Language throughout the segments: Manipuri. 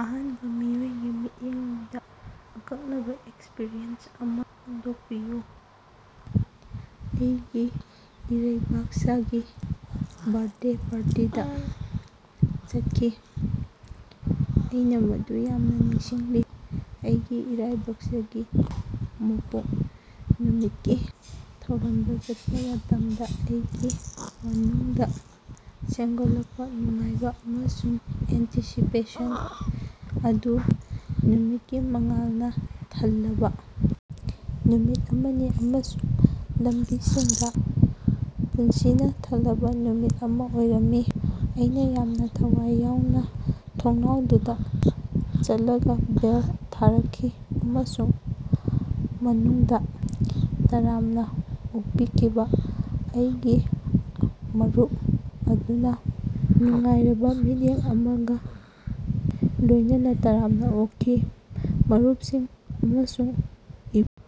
ꯑꯍꯥꯟꯕ ꯃꯤꯑꯣꯏꯒꯤ ꯃꯤꯠꯌꯦꯡꯗ ꯑꯀꯛꯅꯕ ꯑꯦꯛꯁꯄꯤꯔꯤꯌꯦꯟꯁ ꯑꯃ ꯐꯣꯡꯗꯣꯛꯄꯤꯌꯨ꯫ ꯑꯩꯒꯤ ꯏꯔꯩꯕꯥꯛꯁꯥꯒꯤ ꯕ꯭ꯔꯥꯊꯗꯦ ꯄꯥꯔꯇꯤꯗ ꯆꯠꯈꯤ꯫ ꯑꯩꯅ ꯃꯗꯨ ꯌꯥꯝꯅ ꯅꯤꯡꯁꯤꯡꯂꯤ, ꯑꯩꯒꯤ ꯏꯔꯩꯕꯥꯛꯁꯥꯒꯤ ꯃꯄꯣꯛ ꯅꯨꯃꯤꯠꯀꯤ ꯊꯧꯔꯝꯗ ꯆꯠꯄ ꯃꯇꯝꯗ ꯑꯩꯒꯤ ꯃꯅꯨꯡꯗ ꯁꯦꯝꯒꯠꯂꯛꯄ ꯅꯨꯡꯉꯥꯏꯕ ꯑꯃꯁꯨꯡ ꯑꯦꯟꯇꯤꯁꯤꯄꯦꯁꯟ ꯑꯗꯨ꯫ ꯅꯨꯃꯤꯠꯀꯤ ꯃꯉꯥꯜꯅ ꯊꯜꯂꯕꯥ ꯅꯨꯃꯤꯠ ꯑꯃꯅꯤ ꯑꯃꯁꯨꯡ ꯂꯝꯕꯤꯁꯤꯡꯗ ꯄꯨꯟꯁꯤꯅ ꯊꯜꯂꯕꯥ ꯅꯨꯃꯤꯠ ꯑꯃ ꯑꯣꯏꯔꯝꯃꯤ꯫ ꯑꯩꯅ ꯌꯥꯝꯅ ꯊꯋꯥꯏ ꯌꯥꯎꯅ ꯊꯣꯡꯅꯥꯎꯗꯨꯗ ꯆꯠꯂꯒꯥ ꯕꯦꯜ ꯊꯥꯔꯛꯈꯤ ꯑꯃꯁꯨꯡ ꯃꯅꯨꯡꯗ ꯇꯔꯥꯝꯅ ꯑꯣꯛꯄꯤꯈꯤꯕ ꯑꯩꯒꯤ ꯃꯔꯨꯞ ꯑꯗꯨꯅ ꯅꯨꯡꯉꯥꯏꯔꯕꯥ ꯃꯤꯠꯌꯦꯡ ꯑꯃꯒ ꯂꯣꯏꯅꯅ ꯇꯔꯥꯝꯅ ꯑꯣꯛꯈꯤ꯫ ꯃꯔꯨꯞꯁꯤꯡ ꯑꯃꯁꯨꯡ ꯏꯃꯨꯡ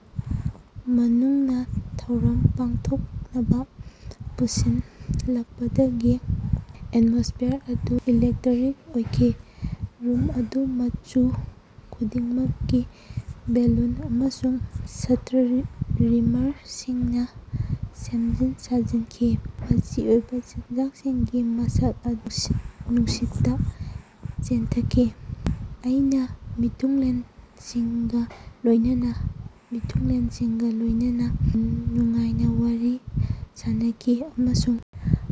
ꯃꯅꯨꯡꯅ ꯊꯧꯔꯝ ꯄꯥꯡꯊꯣꯛꯅꯕ ꯄꯨꯟꯁꯤꯜꯂꯛꯄꯗꯒꯤ ꯑꯦꯠꯃꯣꯁ꯭ꯐꯤꯌꯥꯔ ꯑꯗꯨ ꯏꯂꯦꯛꯇꯔꯤꯛ ꯑꯣꯏꯈꯤ꯫ ꯔꯨꯝ ꯑꯗꯨ ꯃꯆꯨ ꯈꯨꯗꯤꯡꯃꯛꯀꯤ ꯕꯦꯂꯨꯟ ꯑꯃꯁꯨꯡ ꯁ꯭ꯇꯔꯤꯃꯔꯁꯤꯡꯅ ꯁꯦꯝꯖꯤꯟ ꯁꯥꯖꯤꯟꯈꯤ, ꯃꯆꯤ ꯑꯣꯏꯕ ꯆꯤꯟꯖꯥꯛꯁꯤꯡꯒꯤ ꯃꯁꯛ ꯑꯗꯨ ꯅꯨꯡꯁꯤꯠꯇ ꯆꯦꯟꯊꯈꯤ꯫ ꯑꯩꯅ ꯃꯤꯊꯨꯡꯂꯦꯟꯁꯤꯡꯒ ꯂꯣꯏꯅꯅ ꯃꯤꯊꯨꯡꯂꯦꯟꯁꯤꯡꯒ ꯂꯣꯏꯅꯅ ꯅꯨꯡꯉꯥꯏꯅ ꯋꯥꯔꯤ ꯁꯥꯅꯈꯤ ꯑꯃꯁꯨꯡ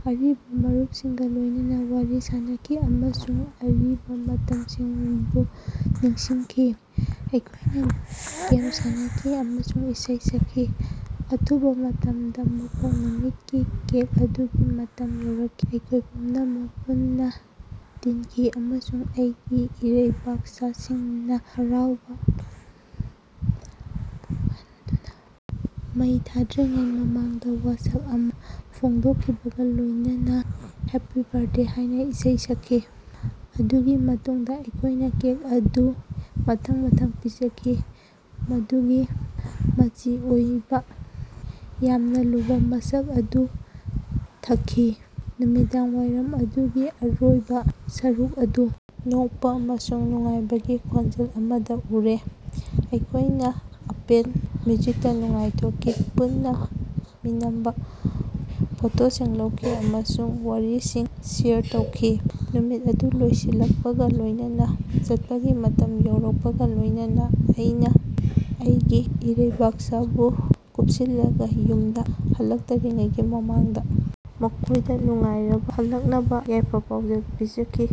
ꯑꯔꯤꯕ ꯃꯔꯨꯞꯁꯤꯡꯒ ꯂꯣꯏꯅꯅꯥ ꯋꯥꯔꯤ ꯁꯥꯅꯈꯤ ꯑꯃꯁꯨꯡ ꯑꯔꯤꯕ ꯃꯇꯝꯁꯤꯡꯕꯨ ꯅꯤꯡꯁꯤꯡꯈꯤ꯫ ꯑꯩꯈꯣꯏꯅ ꯒꯦꯝ ꯁꯥꯟꯅꯈꯤ ꯑꯃꯁꯨꯡ ꯏꯁꯩ ꯁꯛꯈꯤ, ꯑꯊꯨꯕ ꯃꯇꯝꯗ ꯃꯄꯣꯛ ꯅꯨꯃꯤꯠꯀꯤ ꯀꯦꯛ ꯑꯗꯨꯒꯤ ꯃꯇꯝ ꯌꯧꯔꯛꯈꯤ꯫ ꯑꯩꯈꯣꯏ ꯄꯨꯝꯅꯃꯛ ꯄꯨꯟꯅ ꯇꯤꯟꯈꯤ ꯑꯃꯁꯨꯡ ꯑꯩꯒꯤ ꯏꯔꯩꯕꯥꯛꯁꯥ ꯁꯤꯡꯅ ꯍꯔꯥꯎꯕ ꯄꯣꯛꯍꯟꯗꯨꯅ ꯃꯩ ꯊꯥꯗ꯭ꯔꯤꯉꯩ ꯃꯃꯥꯡꯗ ꯋꯥꯁꯛ ꯑꯃ ꯐꯣꯡꯗꯣꯛꯈꯤꯕꯒ ꯂꯣꯏꯅꯅꯥ ꯍꯦꯞꯄꯤ ꯕ꯭ꯔꯊꯗꯦ ꯍꯥꯏꯅ ꯏꯁꯩ ꯁꯛꯈꯤ꯫ ꯃꯗꯨꯒꯤ ꯃꯇꯨꯡꯗ ꯑꯩꯈꯣꯏꯅ ꯀꯦꯛ ꯑꯗꯨ ꯃꯊꯪ ꯃꯊꯪ ꯄꯤꯖꯈꯤ, ꯃꯗꯨꯒꯤ ꯃꯆꯤ ꯑꯣꯏꯕ, ꯌꯥꯝꯅ ꯂꯨꯕ ꯃꯁꯛ ꯑꯗꯨ ꯊꯛꯈꯤ꯫ ꯅꯨꯃꯤꯗꯥꯡꯋꯥꯏꯔꯝ ꯑꯗꯨꯒꯤ ꯑꯔꯣꯏꯕ ꯁꯔꯨꯛ ꯑꯗꯨ ꯅꯣꯛꯄ ꯑꯃꯁꯨꯡ ꯅꯨꯡꯉꯥꯏꯕꯒꯤ ꯈꯣꯟꯖꯦꯜ ꯑꯃꯗ ꯎꯔꯦ, ꯑꯩꯈꯣꯏꯅ ꯑꯄꯦꯟ ꯃ꯭ꯌꯨꯖꯤꯛꯇ ꯅꯥꯟꯊꯣꯛꯈꯤ, ꯄꯨꯟꯅ ꯃꯤꯅꯝꯕ ꯐꯣꯇꯣꯁꯤꯡ ꯂꯧꯈꯤ ꯑꯃꯁꯨꯡ ꯋꯥꯔꯤꯁꯤꯡ ꯁꯦꯌꯔ ꯇꯧꯈꯤ꯫ ꯅꯨꯃꯤꯠ ꯑꯗꯨ ꯂꯣꯏꯁꯤꯜꯂꯛꯄꯒ ꯂꯣꯏꯅꯅ ꯆꯠꯄꯒꯤ ꯃꯇꯝ ꯌꯧꯔꯛꯄꯒ ꯂꯣꯏꯅꯅꯥ ꯑꯩꯅꯥ ꯑꯩꯒꯤ ꯏꯔꯩꯕꯥꯛꯁꯥꯕꯨ ꯀꯨꯞꯁꯤꯜꯂꯒꯥ ꯌꯨꯝꯗ ꯍꯜꯂꯛꯇꯔꯤꯉꯩꯒꯤ ꯃꯃꯥꯡꯗ ꯃꯈꯣꯏꯗ ꯅꯨꯡꯉꯥꯏꯔꯕꯥ ꯍꯜꯂꯛꯅꯕ ꯌꯥꯏꯐ-ꯄꯥꯎꯖꯦꯜ ꯄꯤꯖꯈꯤ,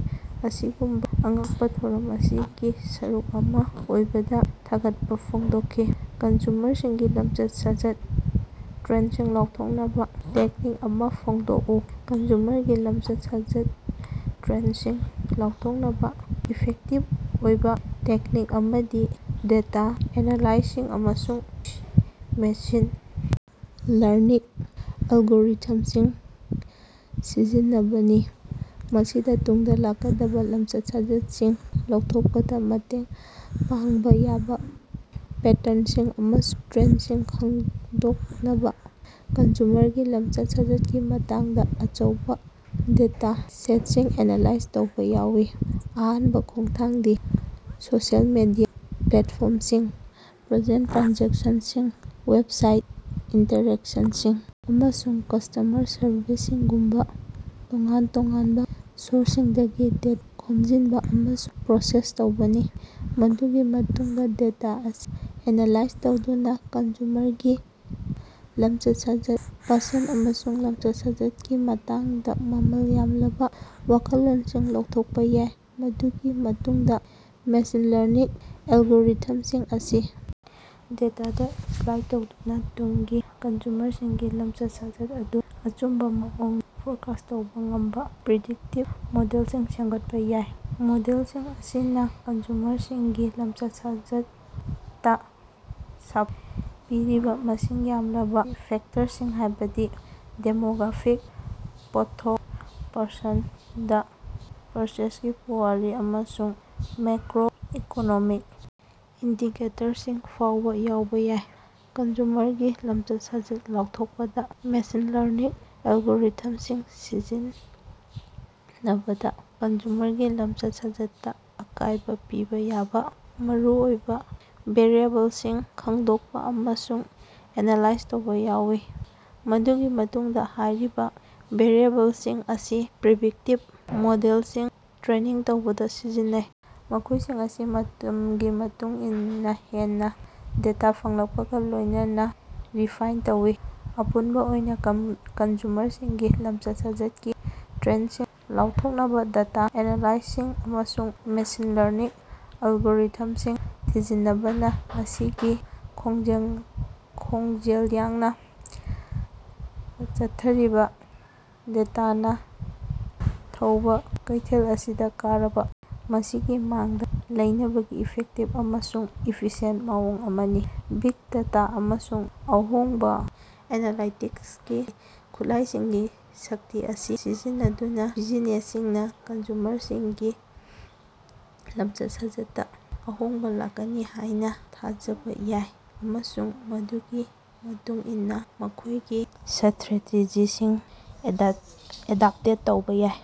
ꯑꯁꯤꯒꯨꯝꯕꯥ ꯑꯉꯛꯄ ꯊꯧꯔꯝ ꯑꯁꯤꯒꯤ ꯁꯔꯨꯛ ꯑꯃ ꯑꯣꯏꯕꯗꯥ ꯊꯥꯒꯠꯄ ꯐꯣꯡꯗꯣꯛꯈꯤ꯫ ꯀꯟꯖꯨꯃꯔꯁꯤꯡꯒꯤ ꯂꯝꯆꯠ-ꯁꯥꯖꯠꯇ ꯇ꯭ꯔꯦꯟꯗꯁꯤꯡ ꯂꯥꯎꯊꯣꯛꯅꯕꯥ ꯇꯦꯛꯅꯤꯛ ꯑꯃ ꯐꯣꯡꯗꯣꯛꯎ꯫ ꯀꯟꯖꯨꯃꯔꯒꯤ ꯂꯝꯆꯠ-ꯁꯥꯖꯠꯇ ꯇ꯭ꯔꯦꯟꯗꯁꯤꯡ ꯂꯥꯎꯊꯣꯛꯅꯕꯥ ꯏꯐꯦꯛꯇꯤꯕ ꯑꯣꯏꯕ ꯇꯦꯛꯅꯤꯛ ꯑꯃꯗꯤ ꯗꯦꯇꯥ ꯑꯦꯅꯥꯂꯥꯏꯁꯤꯁ ꯑꯃꯁꯨꯡ ꯃꯦꯁꯤꯟ ꯂꯔꯅꯤꯡ ꯑꯦꯜꯒꯣꯔꯤꯊꯝꯁꯤꯡ ꯁꯤꯖꯤꯟꯅꯕꯅꯤ꯫ ꯃꯁꯤꯗ ꯇꯨꯡꯗ ꯂꯥꯛꯀꯗꯕꯥ ꯂꯝꯆꯠ-ꯁꯥꯖꯠꯁꯤꯡ ꯂꯧꯊꯣꯛꯄꯗ ꯃꯇꯦꯡ ꯄꯥꯡꯕ ꯌꯥꯕ ꯄꯦꯇꯔꯟꯁꯤꯡ ꯑꯃꯁꯨꯡ ꯇ꯭ꯔꯦꯟꯗꯁꯤꯡ ꯈꯪꯗꯣꯛꯅꯕ ꯀꯟꯖꯨꯃꯔꯒꯤ ꯂꯝꯆꯠ-ꯁꯥꯖꯠꯀꯤ ꯃꯇꯥꯡꯗ ꯑꯆꯧꯕ ꯗꯦꯇꯥ ꯁꯦꯠꯁꯤꯡ ꯑꯦꯅꯥꯂꯥꯏꯖ ꯇꯧꯕ ꯌꯥꯎꯏ꯫ ꯑꯍꯥꯟꯕ ꯈꯣꯡꯊꯥꯡꯗꯤ ꯁꯣꯁꯤꯑꯦꯜ ꯃꯤꯗꯤꯌꯥ ꯄ꯭ꯂꯦꯠꯐꯣꯔꯝꯁꯤꯡ, ꯄꯔꯆꯦꯖ ꯇ꯭ꯔꯥꯟꯖꯦꯛꯁꯟꯁꯤꯡ, ꯋꯦꯕꯁꯥꯏꯠ ꯏꯟꯇꯥꯔꯦꯛꯁꯟꯁꯤꯡ, ꯑꯃꯁꯨꯡ ꯀꯁ꯭ꯇꯃꯔ ꯁꯔꯚꯦꯁꯤꯡꯒꯨꯝꯕ ꯇꯣꯉꯥꯟ-ꯇꯣꯉꯥꯟꯕ ꯁꯣꯔꯁꯁꯤꯡꯗꯒꯤ ꯗꯦꯇꯥ ꯈꯣꯝꯖꯤꯟꯕ ꯑꯃꯁꯨꯡ ꯄ꯭ꯔꯣꯁꯦꯁ ꯇꯧꯕꯅꯤ꯫ ꯃꯗꯨꯒꯤ ꯃꯇꯨꯡꯗ ꯗꯦꯇꯥ ꯑꯁꯤ ꯑꯦꯅꯥꯂꯥꯏꯖ ꯇꯧꯗꯨꯅ ꯀꯟꯖꯨꯃꯔꯒꯤ ꯂꯝꯆꯠ-ꯁꯥꯖꯠ, ꯄꯁꯟꯗ ꯑꯃꯁꯨꯡ ꯂꯝꯆꯠ-ꯁꯥꯖꯠꯀꯤ ꯃꯇꯥꯡꯗ ꯃꯃꯜ ꯌꯥꯝꯂꯕ ꯋꯥꯈꯜꯂꯣꯟꯁꯤꯡ ꯂꯧꯊꯣꯛꯄ ꯌꯥꯏ꯫ ꯃꯗꯨꯒꯤ ꯃꯇꯨꯡꯗ ꯃꯦꯁꯤꯟ ꯂꯔꯅꯤꯡ ꯑꯦꯜꯒꯣꯔꯤꯊꯝꯁꯤꯡ ꯑꯁꯤ ꯗꯦꯇꯥꯗ ꯑꯦꯄ꯭ꯂꯥꯏ ꯇꯧꯗꯨꯅ ꯇꯨꯡꯒꯤ ꯀꯟꯖꯨꯃꯔꯁꯤꯡꯒꯤ ꯂꯝꯆꯠ-ꯁꯥꯖꯠ ꯑꯗꯨ ꯑꯆꯨꯝꯕ ꯃꯑꯣꯡꯗ ꯐꯣꯔꯀꯥꯁ꯭ꯠ ꯇꯧꯕ ꯉꯝꯕ ꯄ꯭ꯔꯤꯗꯤꯛꯇꯤꯚ ꯃꯣꯗꯦꯜꯁꯤꯡ ꯁꯦꯝꯒꯠꯄ ꯌꯥꯏ꯫ ꯃꯣꯗꯦꯜꯁꯤꯡ ꯑꯁꯤꯅ ꯀꯟꯖꯨꯃꯔꯁꯤꯡꯒꯤ ꯂꯝꯆꯠ-ꯁꯥꯖꯠꯇ ꯁꯥꯐꯨ ꯄꯤꯔꯤꯕ ꯃꯁꯤꯡ ꯌꯥꯝꯂꯕꯥ ꯐꯦꯛꯇꯔꯁꯤꯡ ꯍꯥꯏꯕꯗꯤ ꯗꯦꯃꯣꯒ꯭ꯔꯥꯐꯤꯛ, ꯄꯣꯠꯊꯣꯛ ꯄꯁꯟꯗ, ꯄꯔꯆꯦꯖꯒꯤ ꯄꯨꯋꯥꯔꯤ, ꯑꯃꯁꯨꯡ ꯃꯦꯀ꯭ꯔꯣ-ꯏꯀꯣꯅꯣꯃꯤꯛ ꯏꯟꯗꯤꯀꯦꯇꯔꯁꯤꯡ ꯐꯥꯎꯕ ꯌꯥꯎꯕ ꯌꯥꯏ꯫ ꯀꯟꯖꯨꯃꯔꯒꯤ ꯂꯝꯆꯠ-ꯁꯥꯖꯠ ꯂꯥꯎꯊꯣꯛꯄꯗ ꯃꯦꯁꯤꯟ ꯂꯔꯅꯤꯡ ꯑꯦꯜꯒꯣꯔꯤꯊꯝꯁꯤꯡ ꯁꯤꯖꯤꯟꯅꯕꯗ ꯀꯟꯖꯨꯃꯔꯒꯤ ꯂꯝꯆꯠ-ꯁꯥꯖꯠꯇ ꯑꯀꯥꯏꯕ ꯄꯤꯕ ꯌꯥꯕ ꯃꯔꯨꯑꯣꯏꯕ ꯚꯦꯔꯤꯑꯦꯕꯜꯁꯤꯡ ꯈꯪꯗꯣꯛꯄ ꯑꯃꯁꯨꯡ ꯑꯦꯅꯥꯂꯥꯏꯖ ꯇꯧꯕ ꯌꯥꯎꯏ꯫ ꯃꯗꯨꯒꯤ ꯃꯇꯨꯡꯗ ꯍꯥꯏꯔꯤꯕ ꯚꯦꯔꯤꯑꯦꯕꯜꯁꯤꯡ ꯑꯁꯤ ꯄ꯭ꯔꯤꯗꯤꯛꯇꯤꯚ ꯃꯣꯗꯦꯜꯁꯤꯡ ꯇ꯭ꯔꯦꯅꯤꯡ ꯇꯧꯕꯗ ꯁꯤꯖꯤꯟꯅꯩ, ꯃꯈꯣꯏꯁꯤꯡ ꯑꯁꯤ ꯃꯇꯝꯒꯤ ꯃꯇꯨꯡ ꯏꯟꯅ ꯍꯦꯟꯅ ꯗꯦꯇꯥ ꯐꯪꯂꯛꯄꯒ ꯂꯣꯏꯅꯅ ꯔꯤꯐꯥꯏꯟ ꯇꯧꯏ꯫ ꯑꯄꯨꯟꯕ ꯑꯣꯏꯅ, ꯀꯟꯖꯨꯃꯔꯁꯤꯡꯒꯤ ꯂꯝꯆꯠ-ꯁꯥꯖꯠꯀꯤ ꯇ꯭ꯔꯦꯟꯗꯁꯤꯡ ꯂꯥꯎꯊꯣꯛꯅꯕꯥ ꯗꯦꯇꯥ ꯑꯦꯅꯥꯂꯥꯏꯁꯤꯁ ꯑꯃꯁꯨꯡ ꯃꯦꯁꯤꯟ ꯂꯔꯅꯤꯡ ꯑꯦꯜꯒꯣꯔꯤꯊꯃꯁꯤꯡ ꯁꯤꯖꯤꯟꯅꯕꯅꯥ ꯉꯁꯤꯒꯤ ꯈꯣꯡꯖꯦꯜ ꯌꯥꯡꯅ ꯆꯠꯊꯔꯤꯕ, ꯗꯦꯇꯥꯅ ꯊꯧꯕꯥ ꯀꯩꯊꯦꯜ ꯑꯁꯤꯗ ꯀꯔꯕ ꯃꯁꯤꯒꯤ ꯃꯥꯡꯗ ꯂꯩꯅꯕꯒꯤ ꯏꯐꯦꯛꯇꯤꯕ ꯑꯃꯁꯨꯡ ꯏꯐꯤꯁꯤꯌꯦꯟꯇ ꯃꯑꯣꯡ ꯑꯃꯅꯤ꯫ ꯕꯤꯒ ꯗꯦꯇꯥ ꯑꯃꯁꯨꯡ ꯑꯍꯣꯡꯕ ꯑꯦꯅꯥꯂꯥꯏꯇꯤꯛꯁꯀꯤ ꯈꯨꯠꯂꯥꯏꯁꯤꯡꯒꯤ ꯁꯛꯇꯤ ꯑꯁꯤ ꯁꯤꯖꯤꯟꯅꯗꯨꯅ ꯕꯤꯖꯤꯅꯦꯁꯁꯤꯡꯅ ꯀꯟꯖꯨꯃꯔꯁꯤꯡꯒꯤ ꯂꯝꯆꯠ-ꯁꯥꯖꯠꯇ ꯑꯍꯣꯡꯕ ꯂꯥꯛꯀꯅꯤ ꯍꯥꯏꯅ ꯊꯥꯖꯕ ꯌꯥꯏ ꯑꯃꯁꯨꯡ ꯃꯗꯨꯒꯤ ꯃꯇꯨꯡ ꯏꯟꯅ ꯃꯈꯣꯏꯒꯤ ꯁ꯭ꯊꯔꯦꯇꯦꯖꯤꯁꯤꯡ ꯑꯦꯗ꯭ꯞꯇꯦꯠ ꯇꯧꯕ ꯌꯥꯏ꯫